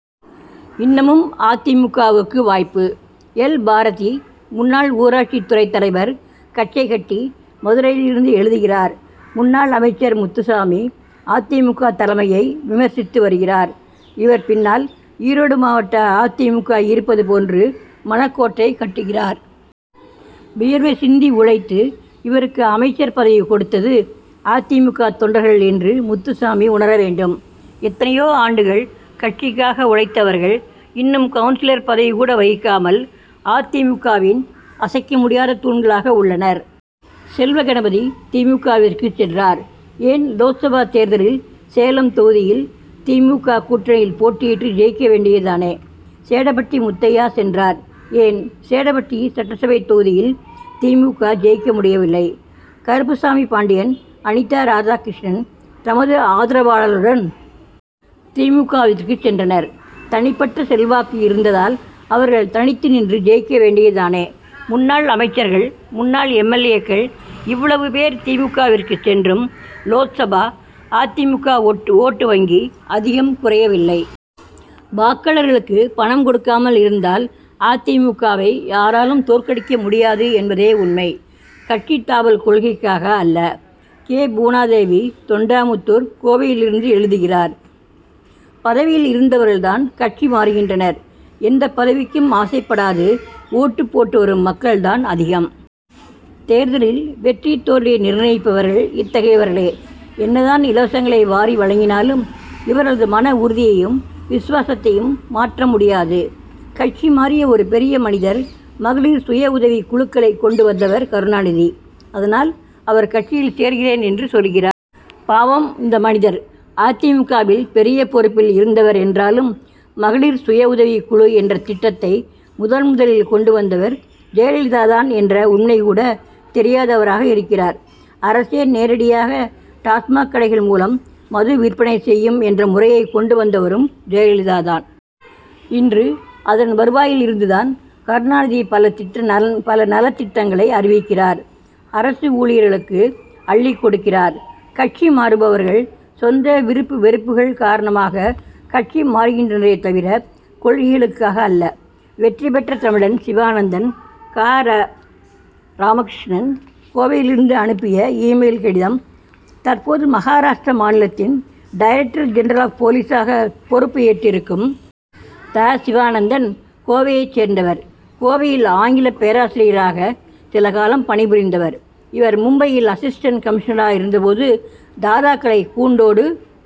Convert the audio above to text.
இன்னமும் அ. தி. மு. க.வுக்கு வாய்ப்பு! எல். பாரதி, முன்னாள் ஊராட்சி துறைத்தலைவர், கச்சைகட்டி, மதுரையிலிருந்து எழுதுகிறார் முன்னாள் அமைச்சர் முத்துசாமி, அ. தி. மு. க. தலைமையை விமர்சித்து வருகிறார். இவர் பின்னால், ஈரோடு மாவட்ட அ. தி. மு. க. இருப்பது போன்று மனக்கோட்டை கட்டுகிறார். வியர்வை சிந்தி உழைத்து இவருக்கு அமைச்சர் பதவி கொடுத்தது, அ. தி. மு. க. தொண்டர்கள் என்று, முத்துசாமி உணர வேண்டும். எத்தனையோ ஆண்டுகள் கட்சிக்காக உழைத்தவர்கள், இன்னும் கவுன்சிலர் பதவி கூட வகிக்காமல், அ. தி. மு. க.வின் அசைக்க முடியாத தூண்களாக உள்ளனர். செல்வகணபதி, தி. மு. க. விற்கு சென்றார் ஏன் லோக்சபா தேர்தலில், சேலம் தொகுதியில், தி. மு. க. கூட்டணியில் போட்டியிட்டு, ஜெயிக்க வேண்டியது தானே! சேடபட்டி முத்தையா சென்றார் ஏன், சேடபட்டி சட்டசபை தொகுதியில், தி. மு. க. ஜெயிக்க முடியவில்லை? கருப்புசாமி பாண்டியன், அனிதா ராதாகிருஷ்ணன் தமது ஆதரவாளர்களுடன் தி. மு. க.விற்கு சென்றனர். தனிபட்ட செல்வாக்கு இருந்தால், அவர்கள் தனித்து நின்று ஜெயிக்க வேண்டியது தானே! முன்னாள் அமைச்சர்கள், முன்னாள் எம். எல். ஏ.க்கள், இவ்வளவு பேர் தி. மு. க. விற்கு சென்றும், லோக்சபா அ. தி. மு. க. ஓட்டு வங்கி, அதிகம் குறையவில்லை. வாக்காளர்களுக்கு பணம் கொடுக்காமல் இருந்தால், அ. தி. மு. க.வை யாராலும் தோற்கடிக்க முடியாது என்பதே உண்மை. கட்சி தாவல் கொள்கைக்காக அல்ல! கே. புவனாதேவி, தொண்டாமுத்தூர், கோவையிலிருந்து எழுதுகிறார் பதவியில் இருந்தவர்கள் தான் கட்சி மாறுகின்றனர். எந்தப் பதவிக்கும் ஆசைப்படாது ஓட்டுப் போட்டு வரும் மக்கள் தான் அதிகம். தேர்தலில் வெற்றி, தோல்வியை நிர்ணயிப்பவர்கள் இத்தகையவர்களே. என்ன தான் இலவசங்களை வாரி வழங்கினாலும், இவர்களது மன உறுதியையும், விசுவாசத்தையும் மாற்ற முடியாது. கட்சி மாறிய ஒரு பெரிய மனிதர், மகளிர் சுய உதவிக் குழுக்களைக் கொண்டு வந்தவர் கருணாநிதி. அதனால், அவர் கட்சியில் சேர்கிறேன் என்று சொல்கிறார். பாவம்இந்த மனிதர் அ. தி. மு. க. வில் பெரிய பொறுப்பில் இருந்தவர் என்றாலும், மகளிர் சுயஉதவிக் குழு என்ற திட்டத்தை முதன்முதலில் கொண்டு வந்தவர் ஜெயலலிதா தான் என்ற உண்மை கூட தெரியாதவராக இருக்கிறார். அரசே நேரடியாக டாஸ் மாக் கடைகள் மூலம் மது விற்பனை செயும் என்ற முறையை கொண்டு வந்தவரும் ஜெயலலிதா தான். இன்று அதன் வருவாயில் இருந்து தான், கருணாநிதி பல நலத்திட்டங்களை அறிவிக்கிறார். அரசு ஊழியர்களுக்கு அள்ளிக் கொடுக்கிறார். கட்சி மாறுபவர்கள், சொந்த, விருப்பு வெறுப்புகள் காரணமாக கட்சி மாறுகின்றனரே தவிர, கொள்கைகளுக்காக அல்ல. வெற்றி பெற்ற தமிழன் சிவானந்தன் கா. ரா. ராமகிருஷ்ணன், கோவையிலிருந்து அனுப்பிய, இ-மெயில் கடிதம் தற்போது, மகாராஷ்டிர மாநிலத்தின் டைரக்டர் ஜெனரல் ஆப் போலீசாக பொறுப்பு ஏற்றிருக்கும் தா. சிவானந்தன், கோவையைச் சேர்ந்தவர். கோவையில், ஆங்கில பேராசிரியராக சில காலம் பணிபுரிந்தவர். இவர் மும்பையில், அசிஸ்டன்ட் கமிஷனராக இருந்த போது, தாதாக்களை கூண்டோடு